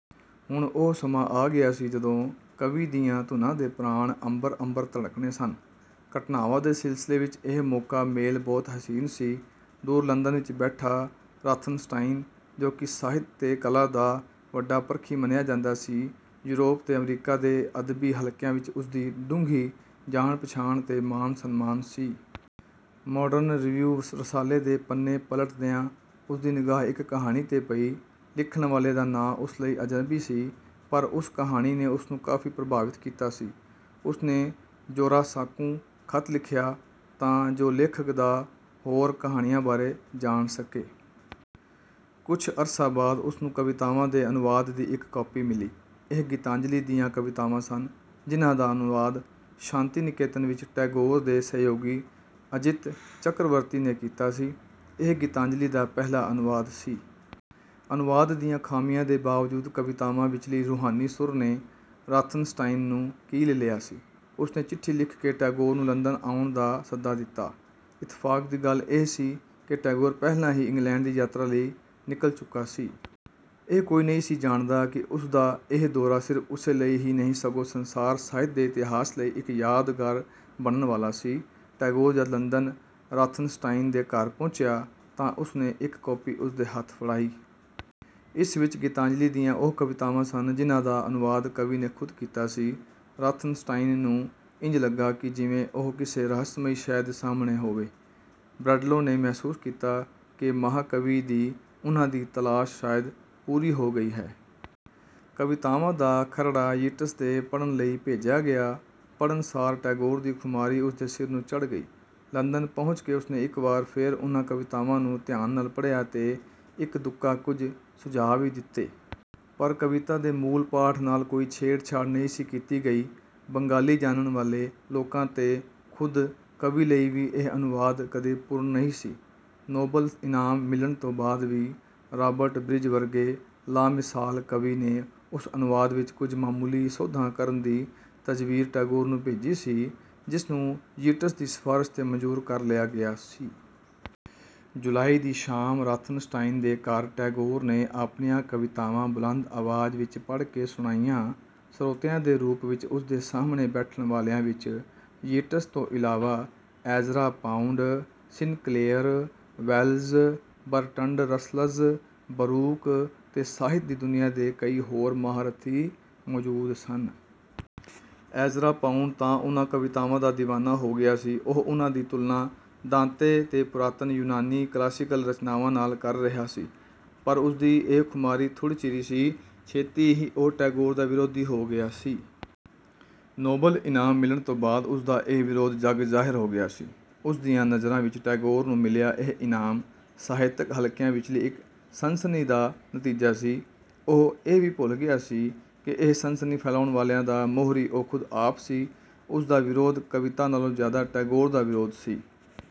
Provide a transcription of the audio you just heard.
ਹੁਣ ਉਹ ਸਮਾਂ ਆਗਿਆ ਸੀ ਜਦੋਂ ਕਵੀ ਦੀਆਂ ਧੁਨਾਂ ਦੇ ਪ੍ਰਾਣ ਅੰਬਰ-ਅੰਬਰ ਧੜਕਨੇ ਸਨ। ਘਟਨਾਵਾਂ ਦੇ ਸਿਲਸਿਲੇ ਵਿੱਚ ਇਹ ਮੌਕਾ-ਮੇਲ ਬਹੁਤ ਹਸੀਨ ਸੀ। ਦੂਰ ਲੰਦਨ ਵਿੱਚ ਬੈਠਾ ਰਾਥਨਸਟਾਈਨ, ਜੋ ਕਿ ਸਾਹਿਤ ਤੇ ਕਲਾ ਦਾ ਵੱਡਾ ਪਰਖੀ ਮੰਨਿਆ ਜਾਂਦਾ ਸੀ, ਯੂਰੋਪ ਤੇ ਅਮਰੀਕਾ ਦੇ ਅਦਬੀ ਹਲਕਿਆਂ ਵਿੱਚ ਉਸਦੀ ਡੂੰਘੀ ਜਾਣ-ਪਛਾਣ ਤੇ ਮਾਣ-ਸਨਮਾਨ ਸੀ। "ਮਾਡਰਨ ਰਿਵੀਉ" ਰਸਾਲੇ ਦੇ ਪੰਨੇ ਪਲਟ ਦਿਆਂ ਉਸਦੀ ਨਿਗਾਹ ਇੱਕ ਕਹਾਣੀ 'ਤੇ ਪਈ, ਲਿਖਣ ਵਾਲੇ ਦਾ ਨਾਂ ਉਸ ਲਈ ਅਜਨਬੀ ਸੀ ਪਰ ਉਸ ਕਹਾਣੀ ਨੇ ਉਸਨੂੰ ਕਾਫ਼ੀ ਪ੍ਰਭਾਵਿਤ ਕੀਤਾ ਸੀ। ਉਸਨੇ ਜੋਰਾਸਾਂਕੂ ਖਤ ਲਿਖਿਆ ਤਾਂ ਜੋ ਲੇਖਕ ਦਾ ਹੋਰ ਕਹਾਣੀਆਂ ਬਾਰੇ ਜਾਣ ਸਕੇ। ਕੁਝ ਅਰਸਾ ਬਾਦ ਉਸਨੂੰ ਕਵਿਤਾਵਾਂ ਦੇ ਅਨੁਵਾਦ ਦੀ ਇੱਕ ਕਾਪੀ ਮਿਲੀ, ਇਹ ਗੀਤਾਂਜਲੀ ਦੀਆਂ ਕਵਿਤਾਵਾਂ ਸਨ ਜਿਨ੍ਹਾ ਦਾ ਅਨੁਵਾਦ ਸ਼ਾਂਤੀ-ਨਿਕੇਤਨ ਵਿੱਚ ਟੈਗੋਰ ਦੇ ਸਹਿਯੋਗੀ ਅਜਿਤ ਚਕਰਵਰਤੀ ਨੇ ਕੀਤਾ ਸੀ, ਇਹ ਗੀਤਾਂਜਲੀ ਦਾ ਪਹਿਲਾ ਅਨੁਵਾਦ ਸੀ। ਅਨੁਵਾਦ ਦੀਆਂ ਖਾਮੀਆਂ ਦੇ ਬਾਵਜੂਦ ਕਵਿਤਾਵਾਂ ਵਿੱਚਲੀ ਰੂਹਾਨੀ ਸੁਰ ਨੇ ਰਾਥਨਸਟਾਈਨ ਨੂੰ ਕੀਲ ਲਿਆ ਸੀ। ਉਸਨੇ ਚਿੱਠੀ ਲਿਖ ਕੇ ਟੈਗੋਰ ਨੂੰ ਲੰਦਨ ਆਉਣ ਦਾ ਸੱਦਾ ਦਿਤਾ। ਇੱਤਫ਼ਾਕ ਦੀ ਗੱਲ ਇਹ ਸੀ ਕਿ ਟੈਗੋਰ ਪਹਿਲਾਂ ਹੀ ਇੰਗਲੈਂਡ ਦੀ ਯਾਤਰਾ ਲਈ ਨਿਕਲ ਚੁੱਕਾ ਸੀ। ਇਹ ਕੋਈ ਨਹੀਂ ਸੀ ਜਾਣਦਾ ਕਿ ਉਸਦਾ ਇਹ ਦੌਰਾ ਸਿਰਫ਼ ਉਸੇ ਲਈ ਹੀ ਨਹੀਂ ਸਗੋਂ ਸਂਸਾਰ ਸਾਹਿਤ ਦੇ ਇਤਿਹਾਸ ਲਈ ਇੱਕ ਯਾਦਗਾਰ ਬਣਨ ਵਾਲਾ ਸੀ। ਟੈਗੋਰ ਜਦ ਲੰਦਨ ਰਾਥਨਸਟਾਈਨ ਦੇ ਘਰ ਪਹੁੰਚਿਆ ਤਾਂ ਉਸਨੇ ਇੱਕ ਕਾਪੀ ਉਸਦੇ ਹੱਥ ਫ਼ੜਾਈ। ਇਸ ਵਿੱਚ ਗੀਤਾਂਜਲੀ ਦੀਆਂ ਉਹ ਕਵਿਤਾਵਾਂ ਸਨ ਜਿਨ੍ਹਾ ਦਾ ਅਨੁਵਾਦ ਕਵੀ ਨੇ ਖੁਦ ਕੀਤਾ ਸੀ। ਰਾਥਨਸਟਾਈਨ ਨੂੰ ਇੰਜ ਲੱਗਾ ਕਿ ਜਿਵੇਂ ਉਹ ਕਿਸੇ ਰਹਸਮਈ ਸ਼ੈਅ ਦੇ ਸਾਹਮਣੇ ਹੋਵੇ। ਬ੍ਰੈਡਲੇ ਨੇ ਮਹਿਸੂਸ ਕੀਤਾ ਕਿ ਮਹਾਕਵੀ ਦੀ ਉਨ੍ਹਾ ਦੀ ਤਲਾਸ਼ ਸ਼ਾਇਦ ਪੂਰੀ ਹੋ ਗਈ ਹੈ। ਕਵਿਤਾਵਾਂ ਦਾ ਖਰੜਾ ਯੀਟਸ ਦੇ ਪੜਣ ਲਈ ਭੇਜਿਆ ਗਿਆ। ਪੜਣਸਾਰ ਟੈਗੋਰ ਦੀ ਖੁਮਾਰੀ ਉਸਦੇ ਸਿਰ ਨੂੰ ਚੜ ਗਈ। ਲੰਦਨ ਪਹੁੰਚ ਕੇ ਉਸਨੇ ਇੱਕ ਵਾਰ ਫੇਰ ਉਨ੍ਹਾ ਕਵਿਤਾਵਾਂ ਨੂੰ ਧਿਆਨ ਨਾਲ ਪੜਿਆ ਤੇ ਇੱਕ-ਦੁੱਕਾ ਕੁਝ ਸੁਝਾ ਵੀ ਦਿੱਤੇ। ਪਰ ਕਵਿਤਾ ਦੇ ਮੂਲ ਪਾਠ ਨਾਲ ਕੋਈ ਛੇੜ-ਛਾੜ ਨਹੀਂ ਸੀ ਕੀਤੀ ਗਈ। ਬੰਗਾਲੀ ਜਾਣਨ ਵਾਲੇ ਲੋਕਾਂ ਤੇ ਖੁਦ ਕਵੀ ਲਈ ਵੀ ਇਹ ਅਨੁਵਾਦ ਕਦੇ ਪੂਰਣ ਨਹੀਂ ਸੀ। ਨੋਬਲ ਇਨਾਮ ਮਿਲਣ ਤੋਂ ਬਾਦ ਵੀ ਰਾਬਰਟ ਬ੍ਰਿਜ ਵਰਗੇ ਲਾਮਿਸਾਲ ਕਵੀ ਨੇ ਉਸ ਅਨੁਵਾਦ ਵਿੱਚ ਕੁਝ ਮਾਮੂਲੀ ਸੋਧਾਂ ਕਰਨ ਦੀ ਤਜਵੀਜ ਟੈਗੋਰ ਨੂੰ ਭੇਜੀ ਸੀ, ਜਿਸਨੂੰ ਯੀਟਸ ਦੀ ਸਿਫ਼ਾਰਸ਼ 'ਤੇ ਮੰਜ਼ੂਰ ਕਰ ਲਿਆ ਗਿਆ ਸੀ। ਜੁਲਾਈ ਦੀ ਸ਼ਾਮ ਰਾਥਨਸਟਾਈਨ ਦੇ ਘਰ ਟੈਗੋਰ ਨੇ ਆਪਣੀਆਂ ਕਵਿਤਾਵਾਂ ਬੁਲੰਦ ਆਵਾਜ਼ ਵਿੱਚ ਪੜ ਕੇ ਸੁਣਾਈਆਂ। ਸ਼ਰੋਤਿਆਂ ਦੇ ਰੂਪ ਵਿੱਚ ਉਸਦੇ ਸਾਹਮਣੇ ਬੈਠਣ ਵਾਲਿਆਂ ਵਿੱਚ ਯੀਟਸ ਤੋਂ ਇਲਾਵਾ, Ezra Pound, Sinclair, Wells, Bertrand Russells, Brooke ਤੇ ਸਾਹਿਤ ਦੀ ਦੁਨੀਆ ਦੇ ਕਈ ਹੋਰ ਮਹਾਰਥੀ ਮੌਜੂਦ ਸਨ। ਐਜ਼ਰਾ ਪਾਉਂਡ ਤਾਂ ਉਨ੍ਹਾ ਕਵਿਤਾਵਾਂ ਦਾ ਦੀਵਾਨਾ ਹੋ ਗਿਆ ਸੀ। ਉਹ ਉਨ੍ਹਾ ਦੀ ਤੁਲਨਾ ਦਾਂਤੇ ਤੇ ਪੁਰਾਤਨ ਯੂਨਾਨੀ ਕਲਾਸੀਕਲ ਰਚਨਾਵਾਂ ਨਾਲ ਕਰ ਰਿਹਾ ਸੀ। ਪਰ ਉਸਦੀ ਇਹ ਖੁਮਾਰੀ ਥੁੜ ਚਿਰੀ ਸੀ, ਛੇਤੀ ਹੀ ਉਹ ਟੈਗੋਰ ਦਾ ਵਿਰੋਧੀ ਹੋ ਗਿਆ ਸੀ। ਨੋਬਲ ਈਨਾਮ ਮਿਲਣ ਤੋਂ ਬਾਦ ਉਸਦਾ ਇਹ ਵਿਰੋਧ ਜਗ ਜ਼ਾਹਿਰ ਹੋ ਗਿਆ ਸੀ। ਉਸ ਦੀਆਂ ਨਜ਼ਰਾਂ ਵਿੱਚ ਟੈਗੋਰ ਨੂੰ ਮਿਲਿਆ ਇਹ ਈਨਾਮ ਸਾਹਿਤਕ ਹਲਕਿਆਂ ਵਿਚਲੀ ਇੱਕ ਸਨਸਨੀ ਦਾ ਨਤੀਜਾ ਸੀ। ਉਹ ਇਹ ਵੀ ਭੁੱਲ ਗਿਆ ਸੀ ਕਿ ਇਹ ਸਨਸਨੀ ਫੈਲਾਉਣ ਵਾਲਿਆਂ ਦਾ ਮੋਹਰੀ ਉਹ ਖੁਦ ਆਪ ਸੀ। ਉਸਦਾ ਵਿਰੋਧ ਕਵਿਤਾ ਨਾਲੋਂ ਜ਼ਿਆਦਾ ਟੈਗੋਰ ਦਾ ਵਿਰੋਧ ਸੀ।